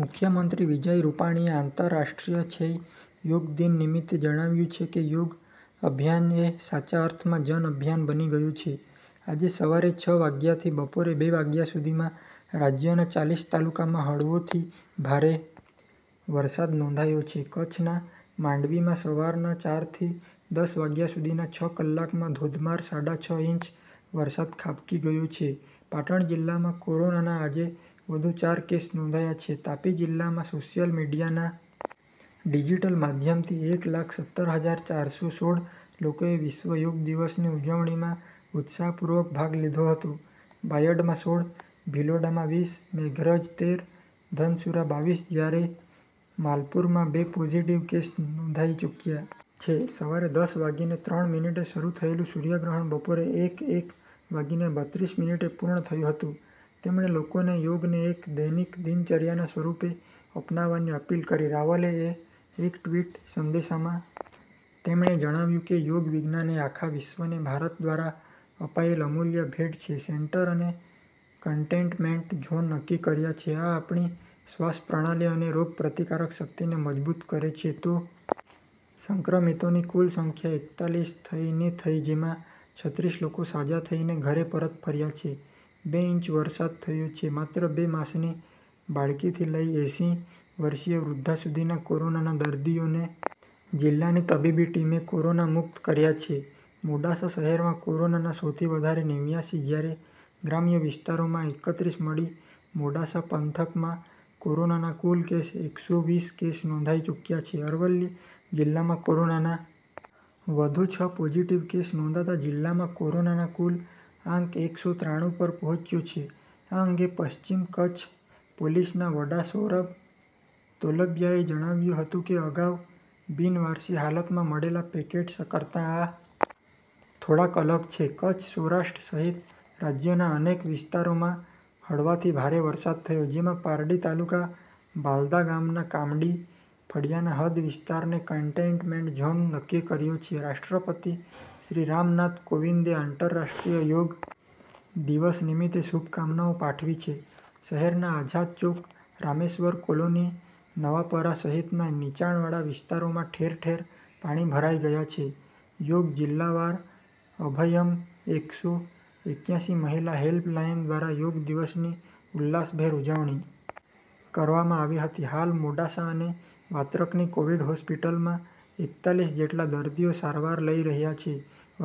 મુખ્યમંત્રી વિજય રૂપાણીએ આંતરરાષ્ટ્રીછેય યોગ દિન નિમિત્તે જણાવ્યું છે કે યોગ અભિયાન એ સાચા અર્થમાં જન અભિયાન બની ગયું છે આજે સવારે છ વાગ્યાથી બપોરે બે વાગ્યા સુધીમાં રાજ્યના ચાલીસ તાલુકામાં હળવોથી ભારે વરસાદ નોંધાયો છે કચ્છના માંડવીમાં સવારના ચારથી દસ વાગ્યા સુધીના છ કલાકમાં ધોધમાર સાડા છ ઈંચ વરસાદ ખાબકી ગયો છે પાટણ જિલ્લામાં કોરોનાના આજે વધુ ચાર કેસ નોંધાયા છે તાપી જિલ્લામાં સોશિયલ મીડીયાના ડિજીટલ માધ્યમથી એક લાખ સત્તર હજાર ચાર સો સોળ લોકોએ વિશ્વ યોગ દિવસની ઉજવણીમાં ઉત્સાહપૂર્વક ભાગ લીધો હતો બાયડમાં સોળ ભિલોડામાં વીસ મેઘરજ તેર ધનસુરા બાવીસ જ્યારે માલપુરમાં બે પોઝિટિવ કેસ નોંધાઈ ચુક્યા છે સવારે દસ વાગીને ત્રણ મિનિટે શરૂ થયેલું સૂર્યગ્રહણ બપોરે એક એક વાગીને બત્રીસ મિનિટે પૂર્ણ થયું હતું તેમણે લોકોને યોગને એક દૈનિક દિનચર્યાના સ્વરૂપે અપનાવવાની અપીલ કરી રાવલે એ એક ટવીટ સંદેશામાં તેમણે જણાવ્યું કે યોગ વિજ્ઞાન એ આખા વિશ્વને ભારત દ્વારા અપાયેલ અમૂલ્ય ભેટ છે સેન્ટર અને કન્ટેઇનમેન્ટ ઝોન નક્કી કર્યા છે આ આપણી શ્વાસ પ્રણાલી અને રોગ પ્રતિકારક શક્તિને મજબૂત કરે છે તો સંક્રમિતોની કુલ સંખ્યા એકતાલીસ થઈ ની થઈ જેમાં છત્રીસ લોકો સાજા થઇ ને ઘરે પરત ફર્યા છે બે ઇંચ વરસાદ થયો છે માત્ર બે માસની બાળકીથી લઈ એંસી વર્ષિય વૃધ્ધા સુધીના કોરોનાના દર્દીઓને જિલ્લાની તબીબી ટીમે કોરોના મુક્ત કર્યા છે મોડાસા શહેરમાં કોરોનાના સૌથી વધારે નેવ્યાસી જ્યારે ગ્રામ્ય વિસ્તારોમાં એકત્રીસ મળી મોડાસા પંથકમાં કોરોનાના કુલ કેસ એક સો વીસ કેસ નોંધાઈ ચુક્યા છે અરવલ્લી જિલ્લામાં કોરોનાના વધુ છ પોઝિટિવ કેસ નોંધાતા જિલ્લામાં કોરોનાનો કુલ આંક એક સો ત્રાણું પર પહોંચ્યો છે આ અંગે પશ્ચિમ કચ્છ પોલીસના વડા સૌરભ તોલંબિયાએ જણાવ્યું હતું કે અગાઉ બિનવારસી હાલતમાં મળેલા પેકેટ્સ કરતાં આ થોડાક અલગ છે કચ્છ સૌરાષ્ટ્ર સહિત રાજ્યના અનેક વિસ્તારોમાં હળવાથી ભારે વરસાદ થયો જેમાં પારડી તાલુકા બાલદા ગામના કામડી ફળિયાના હદ વિસ્તારને કન્ટેઇન્મેનટ ઝોન નક્કી કર્યો છે રાષ્ટ્રપતિ શ્રી રામનાથ કોવિંદે આંતરરાષ્ટ્રીય યોગ દિવસ નિમિત્તે શુભકામનાઓ પાઠવી છે શહેરના આઝાદ ચોક રામેશ્વર કોલોની નવાપરા સહિતના નીચાણવાળા વિસ્તારોમાં ઠેર ઠેર પાણી ભરાઈ ગયાં છે યોગ જિલ્લાવાર અભયમ એક સો એક્યાસી મહિલા હેલ્પલાઇન દ્વારા યોગ દિવસની ઉલ્લાસભેર ઉજવણી કરવામાં આવી હતી હાલ મોડાસા અને વાત્રકની કોવિડ હોસ્પિટલમાં એકતાલીસ જેટલા દર્દીઓ સારવાર લઇ રહ્યા છે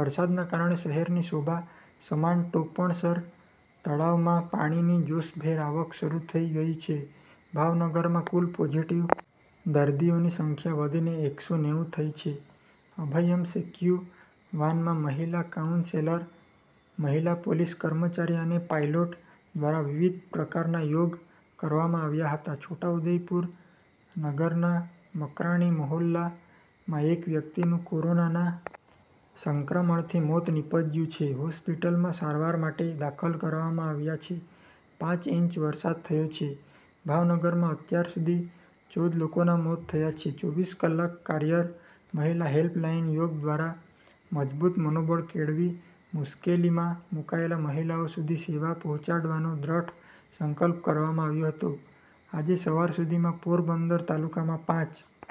વરસાદના કારણે શહેરની શોભા સમાન ટોપણસર તળાવમાં પાણીની જોશભેર આવક શરૂ થઈ ગઈ છે ભાવનગરમાં કુલ પોઝીટીવ દર્દીઓની સંખ્યા વધીને એક સો નેવું થઇ છે અભયમ શેક્યુ વાનના મહિલા કાઉન્સેલર મહિલા પોલીસ કર્મચારી અને પાઇલોટ ધ્વારા વિવિધ પ્રકારના યોગ કરવામાં આવ્યા હતા છોટાઉદેપુર નગરના મકરાણી મહોલ્લા માં એક વ્યક્તિનું કોરોનાના સંક્રમણથી મોત નિપજ્યું છે હોસ્ટિવલમાં સારવાર માટે દાખલ કરવામાં આવ્યા છે પાંચ ઈંચ વરસાદ થયો છે ભાવનગરમાં અત્યાર સુધી ચૌદ લોકોના મોત થયા છે ચોવીસ કલાક કાર્યર મહિલા હેલ્પલાઇન યોગ ધ્વારા મજબૂત મનોબળ કેળવી મુશ્કેલી મા મુકાયેલ મહિલાઓ સુધી સેવા પહોંચાડવાનો દ્રઢ સંકલ્પ કરવામાં આવ્યો હતો આજે સવાર સુધીમાં પોરબંદર તાલુકામાં પાંચ।